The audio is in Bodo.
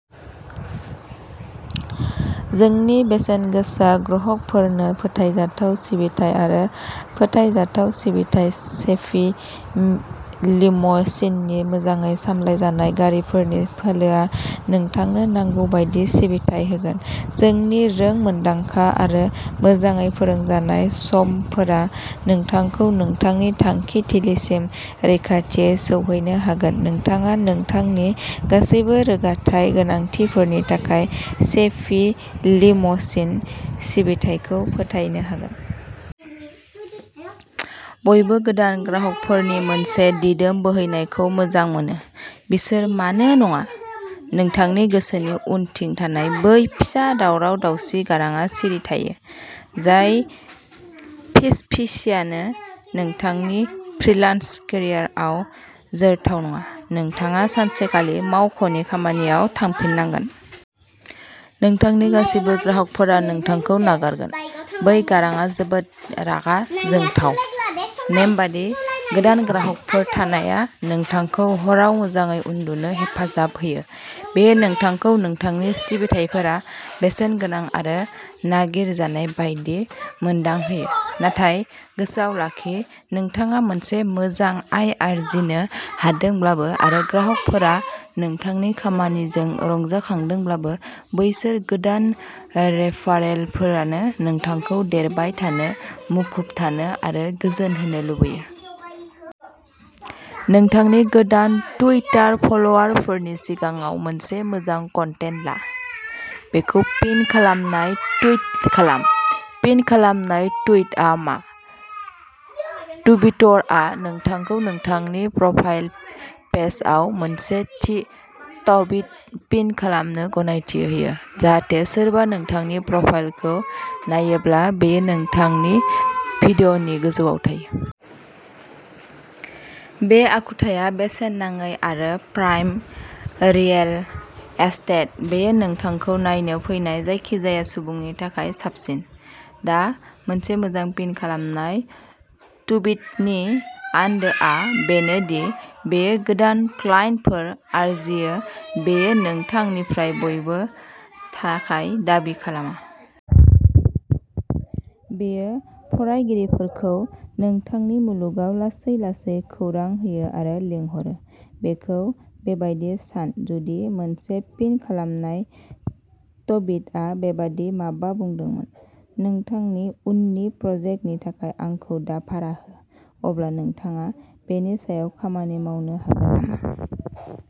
जोंनि बेसेनगोसा ग्राहकफोरनो फोथायजाथाव सिबिथाइ आरो फोथायजाथाव सिबिथाइ। चेफि लिम'सिननि मोजाङै सामलायजानाय गारिफोरनि फालोआ नोंथांनो नांगौ बायदि सिबिथाइ होगोन। जोंनि रोंमोन्दांखा आरो मोजाङै फोरोंजानाय श'फफोरा नोंथांखौ नोंथांनि थांखिथिलिसिम रैखाथियै सौहैनो होगोन। नोंथाङा नोंथांनि गासैबो रोगाथाइ गोनांथिफोरनि थाखाय चेफि लिम'सिन सिबिथाइखौ फोथायनो हागोन। बयबो गोदान ग्राहकफोरनि मोनसे दिदोम बोहैनायखौ मोजां मोनो। बिसोर मानो नङा? नोंथांनि गोसोनि उनथिं थानाय बै फिसा दावराव-दावसि गारांआ सिरि थायो, जाय फिसफिसायो, "नोंथांनि फ्रीलान्स केरियारआ जोरथाव नङा। नोंथाङा सानसेखालि मावख'नि खामानियाव थांफिननांगोन। नोंथांनि गासिबो ग्राहकफोरा नोंथांखौ नागारगोन। " बे गारांआ जोबोद रागा जोंथाव। नेमबादि गोदान ग्राहकफोर थानाया नोंथांखौ हराव मोजाङै उन्दुनो हेफाजाब होयो। बेयो नोंथांखौ नोंथांनि सिबिथाइफोरा बेसेनगोनां आरो नागिरजानाय बायदि मोनदांहोयो। नाथाय गोसोआव लाखिः नोंथाङा मोनसे मोजां आय आर्जिनो हादोंब्लाबो आरो ग्राहकफोरा नोंथांनि खामानिजों रंजाखांदोंब्लाबो, बैफोर गोदान रेफारेलफोरानो नोंथांखौ देरबाय थानो, मुखुब थानो आरो गोजोन होनो लुबैयो। नोंथांनि गोदान टुइटार फलोअरफोरनि सिगाङाव मोनसे मोजां कन्टेन्ट ला? बेखौ पिन खालामनाय टुइट खालाम। पिन खालामनाय ट्विटआ मा? ट्विटरआ नोंथांखौ नोंथांनि प्रफाइल पेजआव मोनसे थि ट्विट पिन खालामनो गनायथि होयो, जाहाथे सोरबा नोंथांनि प्रफाइलखौ नायोब्ला बेयो नोंथांनि फिडनि गोजौआव थायो। बे आखुथाया बेसेन नाङै आरो प्राइम रियेल एस्टेट-बेयो नोंथांखौ नायनो फैनाय जायखिजाया सुबुंनि थाखाय साबसिन। दा, मोनसे मोजां पिन खालामनाय ट्विटनि आन्दोआ बेनो दि बेयो गोदान क्लाइन्टफोर आरजियो-बेयो नोंथांनिफ्राय बायनो थाखाय दाबि खालामा। बेयो फरायगिरिखौ नोंथांनि मुलुगाव लासै-लासै खौरां होयो आरो लिंहरो। बेखौ बेबायदि सानः जुदि मोनसे पिन खालामनाय ट्विटआ बेबादि माबा बुंदोंमोन, "नोंथांनि उननि प्रजेक्टनि थाखाय आंखौ दा भारा हो", अब्ला नोंथाङा बेनि सायाव खामानि मावनो हागोन नामा?